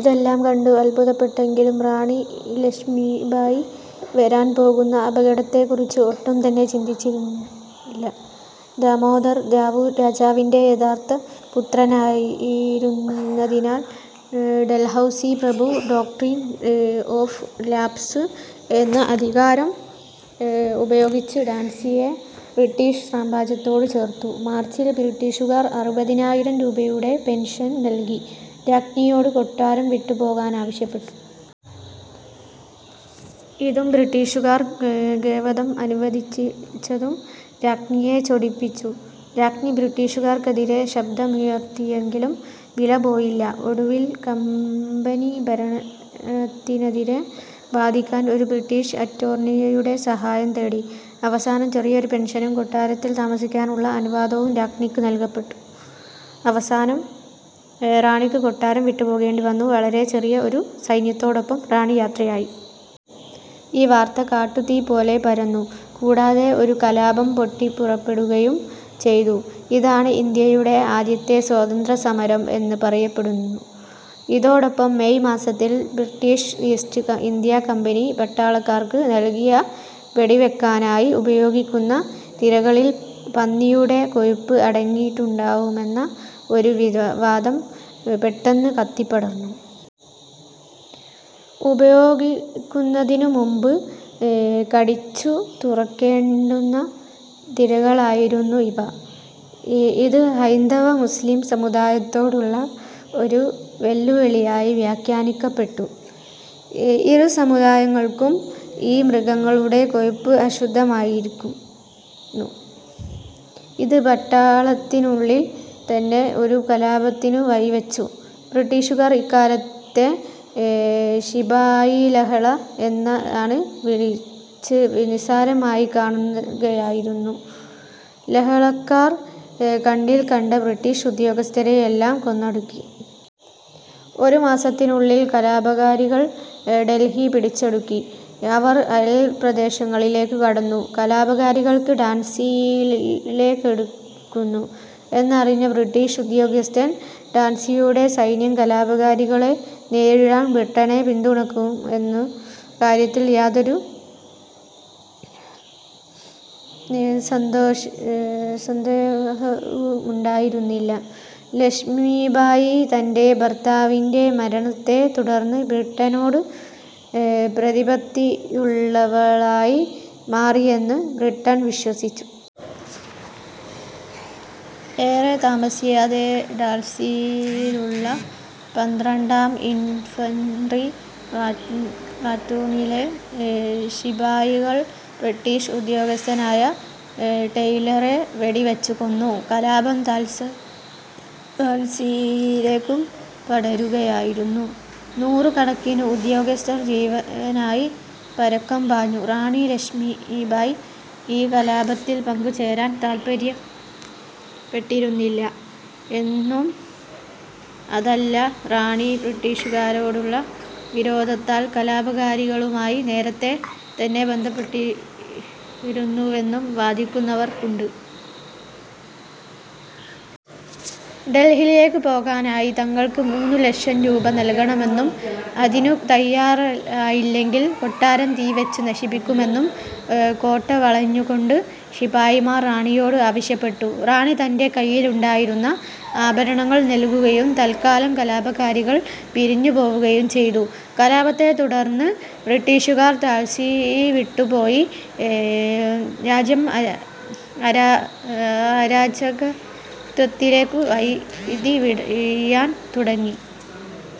ഇതെല്ലാം കണ്ട് അത്ഭുതപ്പെട്ടെങ്കിലും റാണീ ലക്ഷ്മീബായി വരാൻ പോകുന്ന അപകടത്തെക്കുറിച്ച് ഒട്ടും തന്നെ ചിന്തിച്ചിരുന്നില്ല. ദാമോദർ റാവു രാജാവിന്റെ യഥാർത്ഥ പുത്രനായിരുന്നതിനാൽ ഡൽഹൗസി പ്രഭു ഡോക്ട്രിൻ ഓഫ് ലാപ്സ് എന്ന അധികാരം ഉപയോഗിച്ച് ഝാൻസിയെ ബ്രിട്ടീഷ് സാമ്രാജ്യത്തോട് ചേർത്തു. മാർച്ചിൽ ബ്രിട്ടീഷുകാർ അറുപതിനായിരം രൂപയുടെ പെൻഷൻ നൽകി രാജ്ഞിയോട് കൊട്ടാരം വിട്ടുപോകാനാവശ്യപ്പെട്ടു. ഇതും ബ്രിട്ടീഷുകാർ ഗവധം അനുവദിച്ചതും രാജ്ഞിയെ ചൊടിപ്പിച്ചു. രാജ്ഞി ബ്രിട്ടീഷുകാർക്കെതിരെ ശബ്ദമുയർത്തിയെങ്കിലും വിലപ്പോയില്ല. ഒടുവിൽ കമ്പനിഭരണത്തിനെതിരെ വാദിക്കാൻ ഒരു ബ്രിട്ടീസ് അറ്റോർണിയുടെ സഹായം തേടി. അവസാനം ചെറിയൊരു പെൻഷനും കൊട്ടാരത്തിൽ താമസിക്കാനുള്ള അനുവാദവും രാജ്ഞിക്ക് നൽകപ്പെട്ടു. അവസാനം റാണിക്ക് കൊട്ടാരം വിട്ടു പോകേണ്ടി വന്നു. വളരെ ചെറിയ ഒരു സൈന്യത്തോടൊപ്പം റാണി യാത്രയായി. ഈ വാർത്ത കാട്ടു തീപോലെ പരന്നു, കൂടാതെ ഒരു കലാപം പൊട്ടിപ്പുറപ്പെടുകയും ചെയ്തു. ഇതാണ് ഇന്ത്യയുടെ ആദ്യത്തെ സ്വാതന്ത്ര്യ സമരം എന്ന് പറയപ്പെടുന്നു. ഇതോടൊപ്പം മെയ് മാസത്തിൽ ബ്രിട്ടീഷ് ഈസ്റ്റ് ഇന്ത്യ കമ്പനി പട്ടാളക്കാർക്ക് നൽകിയ വെടിവെക്കാനായി ഉപയോഗിക്കുന്ന തിരകളിൽ പന്നിയുടെ കൊഴുപ്പ് അടങ്ങിയിട്ടുണ്ടാവുമെന്ന ഒരു വിവാദം പെട്ടെന്ന് കത്തിപ്പടർന്നു. ഉപയോഗിക്കുന്നതിനു മുമ്പ് കടിച്ചു തുറക്കേണ്ടുന്ന തിരകളായിരുന്നു ഇവ. ഇത് ഹൈന്ദവ, മുസ്ലീം സമുദായത്തോടുള്ള ഒരു വെല്ലുവിളിയായി വ്യാഖ്യാനിക്കപ്പെട്ടു. ഇരു സമുദായങ്ങൾക്കും ഈ മൃഗങ്ങളുടെ കൊഴുപ്പ് അശുദ്ധമായിരിക്കും. ഇത് പട്ടാളത്തിനുള്ളിൽ തന്നെ ഒരു കലാപത്തിനു വഴിവെച്ചു. ബ്രിട്ടീഷുകാർ ഈ കലാപത്തെ ശിപായിലഹള എന്നാണ് വിളിച്ച് നിസ്സാരമായികാണുകയായിരുന്നു. ലഹളക്കാർ കണ്ണിൽകണ്ട ബ്രിട്ടീഷ് ഉദ്യോഗസ്ഥരേയെല്ലാം കൊന്നൊടുക്കി. ഒരു മാസത്തിനുള്ളിൽ കലാപകാരികൾ ഡെൽഹി പിടിച്ചടക്കി. അവർ അയൽപ്രദേശങ്ങളിലേക്ക് കടന്നു. കലാപകാരികൾ ഝാൻസിയിലേക്കടുക്കുന്നു എന്നറിഞ്ഞ ബ്രിട്ടീഷ് ഉദ്യോഗസ്ഥന് ഝാൻസിയുടെ സൈന്യം കലാപകാരികളെ നേരിടാൻ ബ്രിട്ടനെ പിന്തുണക്കും എന്ന കാര്യത്തിൽ യാതൊരു സന്ദേഹവുമുണ്ടായിരുന്നില്ല. ലക്ഷ്മീബായി തന്റെ ഭർത്താവിന്റെ മരണത്തെ തുടർന്ന് ബ്രിട്ടനോട് പ്രതിപത്തിയുള്ളവളായി മാറിയെന്ന് ബ്രിട്ടൻ വിശ്വസിച്ചു. ഏറെ താമസിയാതെ ഝാൻസിയിലുള്ള പന്ത്രണ്ടാം ഇൻഫൻട്രി പ്ലാറ്റൂണിലെ ശിപായികൾ ബ്രിട്ടീഷ് ഉദ്യോഗസ്ഥനായ ടെയ്ലറെ വെടിവെച്ചു കൊന്നു. കലാപം ഝാൻസിയിലേക്കും പടരുകയായിരുന്നു. നൂറുകണക്കിനു ഉദ്യോഗസ്ഥർ ജീവനായി പരക്കം പാഞ്ഞു. റാണി ലക്ഷ്മീബായി ഈ കലാപത്തിൽ പങ്കുചേരാൻ താൽപര്യപ്പെട്ടിരുന്നില്ല എന്നും അതല്ല റാണി ബ്രിട്ടീഷുകാരോടുള്ള വിരോധത്താൽ കലാപകാരികളുമായി നേരത്തേ തന്നെ ബന്ധപ്പെട്ടിരുന്നുവെന്നും വാദിക്കുന്നവർ ഉണ്ട്. ഡെൽഹിയിലേക്കു പോകാനായി തങ്ങൾക്ക് മൂന്നു ലക്ഷം രൂപ നൽകണമെന്നും അതിനു തയ്യാറായില്ലെങ്കിൽ കൊട്ടാരം തീവെച്ചു നശിപ്പിക്കുമെന്നും കോട്ട വളഞ്ഞുകൊണ്ട് ശിപായിമാർ റാണിയോട് ആവശ്യപ്പെട്ടു. റാണി തന്റെ കയ്യിലുണ്ടായിരുന്ന ആഭരണങ്ങൾ നൽകുകയും തൽക്കാലം കലാപകാരികൾ പിരിഞ്ഞുപോവുകയും ചെയ്തു. കലാപത്തെതുടർന്ന് ബ്രിട്ടീഷുകാർ സി വിട്ടുപോയി, രാജ്യം അരാജകത്വത്തിലേക്കു വഴുതിവീഴാൻ തുടങ്ങി.